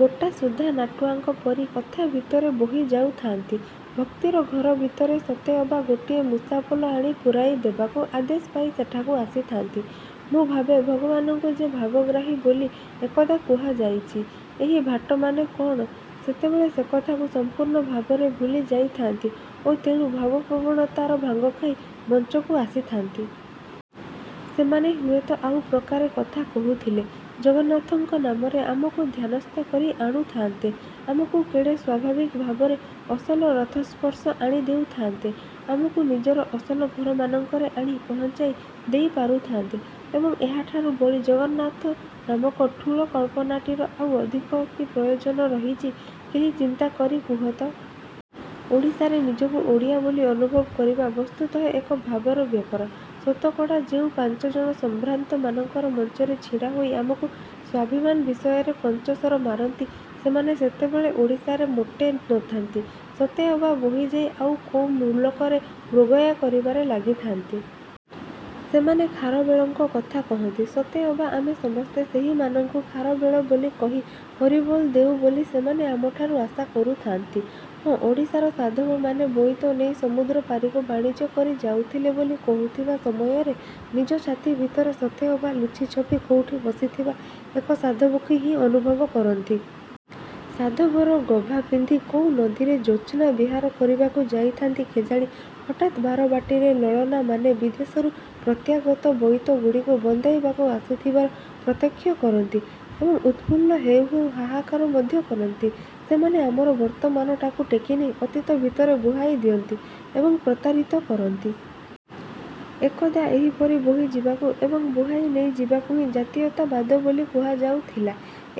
ଗୋଟାସୁଦ୍ଧା ନାଟୁଆଙ୍କ ପରି କଥା ଭିତରେ ବୋହି ଯାଉଥାନ୍ତି। ଭକ୍ତିର ଘର ଭିତରେ ସତେ ଅବା ଗୋଟାଏ ମୂଷାପଲ ଆଣି ପୂରାଇ ଦେବାକୁ ଆଦେଶ ପାଇ ସେଠାକୁ ଆସିଥାନ୍ତି। ମୁଁ ଭାବେ, ଭଗବାନଙ୍କୁ ଯେ ଭାବଗ୍ରାହୀ ବୋଲି ଏକଦା କୁହାଯାଇଛି, ଏହି ଭାଟମାନେ କ'ଣ ସେତେବେଳେ ସେକଥାକୁ ସଂପୂର୍ଣ୍ଣ ଭାବରେ ଭୁଲି ଯାଇଥାନ୍ତି ଓ ତେଣୁ ଭାବପ୍ରବଣତାର ଭାଙ୍ଗ ଖାଇ ମଞ୍ଚକୁ ଆସିଥାନ୍ତି? ସେମାନେ ହୁଏତ ଆଉ ପ୍ରକାରେ କଥା କହୁଥିଲେ ଜଗନ୍ନାଥଙ୍କ ନାମରେ ଆମକୁ ଧ୍ୟାନସ୍ଥ କରି ଆଣୁଥାନ୍ତେ। ଆମକୁ କେଡ଼େ ସ୍ୱାଭାବିକ ଭାବରେ ଅସଲ ରଥସ୍ପର୍ଶ ଆଣି ଦେଉଥାନ୍ତେ। ଆମକୁ ନିଜର ଅସଲ ଘରମାନଙ୍କରେ ଆଣି ପହଞ୍ଚାଇ ଦେଇ ପାରୁଥାନ୍ତେ। ଏବଂ, ଏହାଠାରୁ ବଳି ଜଗନ୍ନାଥ ନାମକ ଠୁଳ କଳ୍ପନାଟିର ଆଉ ଅଧିକ କି ପ୍ରୟୋଜନ ରହିଛି, କେହି ଚିନ୍ତା କରି କହୁ ତ! ଓଡ଼ିଶାରେ ନିଜକୁ ଓଡ଼ିଆ ବୋଲି ଅନୁଭବ କରିବା ବସ୍ତୁତଃ ଏକ ଭାବର ବ୍ୟାପାର। ଶତକଡ଼ା ଯେଉଁ ପାଞ୍ଚଜଣ ସମ୍ଭ୍ରାନ୍ତମାନଙ୍କର ମଞ୍ଚରେ ଛିଡ଼ା ହୋଇ ଆମକୁ ସ୍ୱାଭିମାନ ବିଷୟରେ ପଞ୍ଚଶର ମାରନ୍ତି, ସେମାନେ ସେତେବେଳେ ଓଡ଼ିଶାରେ ମୋଟେ ନଥାନ୍ତି, ସତେ ଅବା ବୋହିଯାଇ ଆଉ କୋଉ ମୁଲକରେ ମୃଗୟା କରିବାରେ ଲାଗିଥାନ୍ତି। ସେମାନେ ଖାରବେଳଙ୍କ କଥା କହନ୍ତି- ସତେଅବା ଆମେ ସମସ୍ତେ ସେହିମାନଙ୍କୁ ଖାରବେଳ ବୋଲି କହି ହରିବୋଲ ଦେଉ ବୋଲି ସେମାନେ ଆମଠାରୁ ଆଶା କରୁଥାନ୍ତି। ହଁ, ଓଡ଼ିଶାର ସାଧବମାନେ ବୋଇତ ନେଇ ସମୁଦ୍ରପାରିକୁ ବାଣିଜ୍ୟ କରି ଯାଉଥିଲେ ବୋଲି କହୁଥିବା ସମୟରେ ନିଜ ଛାତି ଭିତରେ ସତେ ଅବା ଲୁଚି ଛପି କୋଉଠି ବସିଥିବା ଏକ ସାଧବକୁ ହିଁ ଅନୁଭବ କରନ୍ତି। ସାଧବର ଗଭା ପିନ୍ଧି କୋଉ ନଦୀରେ ଜ୍ୟୋତ୍ସ୍ନା ବିହାର କରିବାକୁ ଯାଇଥାନ୍ତି କେଜାଣି, ହଠାତ୍ ବାରବାଟୀରେ ଲଳନାମାନେ ବିଦେଶରୁ ପ୍ରତ୍ୟାଗତ ବୋଇତଗୁଡ଼ିକୁ ବନ୍ଦାଇବାକୁ ଆସୁଥିବାର ପ୍ରତ୍ୟକ୍ଷ କରନ୍ତି ଏବଂ ଉତ୍ଫୁଲ୍ଲ ହେଉ ହେଉ ହାହାକାର ମଧ୍ୟ କରନ୍ତି। ସେମାନେ ଆମର ବର୍ତ୍ତମାନଟାକୁ ଟେକିନେଇ ଅତୀତ ଭିତରେ ବୁହାଇ ଦିଅନ୍ତି ଏବଂ ପ୍ରତାରିତ କରନ୍ତି। ଏକଦା ଏହିପରି ବୋହିଯିବାକୁ ଏବଂ ବୁହାଇ ନେଇଯିବାକୁ ହିଁ ଜାତୀୟତାବାଦ ବୋଲି କୁହାଯାଉଥିଲା।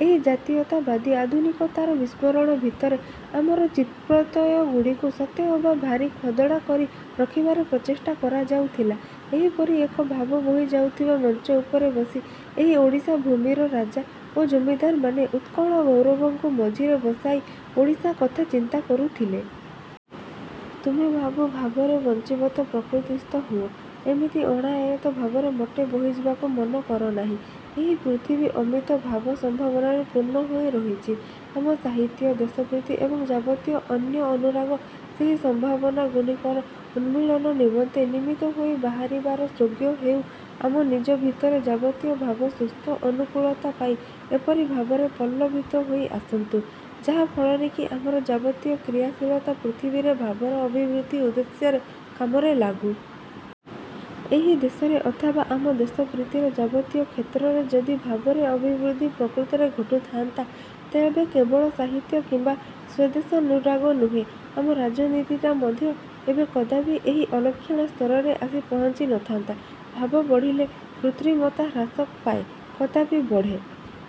ଏକ ଜାତୀୟତାବାଦୀ ଆଧୁନିକତାର ବିସ୍ମରଣ ଭିତରେ ଆମର ଚିତ୍ପ୍ରତ୍ୟୟଗୁଡ଼ିକୁ ସତେ ଅବା ଭାରି ଖଦଡ଼ା କରି ରଖିବାର ପ୍ରଚେଷ୍ଟା କରାଯାଉଥିଲା। ଏହିପରି ଏକ ଭାବ ବୋହିଯାଉଥିବା ମଞ୍ଚ ଉପରେ ବସି ଏହି ଓଡ଼ିଶା ଭୂମିର ରାଜା ଓ ଜମିଦାରମାନେ ଉତ୍କଳଗୌରବଙ୍କୁ ମଝିରେ ବସାଇ ଓଡ଼ିଶା କଥା ଚିନ୍ତା କରୁଥିଲେ। ତୁମେ ବାବୁ ଭାବରେ ବଞ୍ଚିବ ତ ପ୍ରକୃତିସ୍ଥ ହୁଅ। ଏମିତି ଅଣଆୟତ୍ତ ଭାବରେ ମୋଟେ ବୋହିଯିବାକୁ ମନ କରନାହିଁ। ଏହି ପୃଥିବୀ ଅମିତ ଭାବ-ସମ୍ଭାବନାରେ ପୂର୍ଣ୍ଣ ହୋଇରହିଛି। ଆମ ସାହିତ୍ୟ, ଦେଶପ୍ରୀତି ଏବଂ ଯାବତୀୟ ଅନ୍ୟ ଅନୁରାଗ ସେହି ସମ୍ଭାବନାଗୁଡ଼ିକର ଉନ୍ମୀଳନ ନିମନ୍ତେ ନିମିତ୍ତ ହୋଇ ବାହାରିବାର ଯୋଗ୍ୟ ହେଉ ଆମ ନିଜ ଭିତରେ ଯାବତୀୟ ଭାବ ସୁସ୍ଥ ଅନୁକୂଳତା ପାଇ ଏପରି ଭାବରେ ପଲ୍ଲବିତ ହୋଇ ଆସନ୍ତୁ, ଯାହା ଫଳରେ କି ଆମର ଯାବତୀୟ କ୍ରିୟାଶୀଳତା ପୃଥିବୀରେ ଭାବର ଅଭିବୃଦ୍ଧି ଉଦ୍ଦେଶ୍ୟରେ କାମରେ ଲାଗୁ। ଏହି ଦେଶରେ ଅଥବା ଆମ ଦେଶପ୍ରୀତିର ଯାବତୀୟ କ୍ଷେତ୍ରରେ ଯଦି ଭାବରେ ଅଭିବୃଦ୍ଧି ପ୍ରକୃତରେ ଘଟୁଥାନ୍ତା, ତେବେ କେବଳ ସାହିତ୍ୟ କିମ୍ବା ସ୍ୱଦେଶାନୁରାଗ ନୁହେଁ, ଆମ ରାଜନୀତିଟା ମଧ୍ୟ ଏବେ କଦାପି ଏହି ଅଲକ୍ଷଣା ସ୍ତରରେ ଆସି ପହଞ୍ଚି ନଥାନ୍ତା। ଭାବ ବଢ଼ିଲେ କୃତ୍ରିମତା ହ୍ରାସ ପାଏ, କଦାପି ବଢ଼େ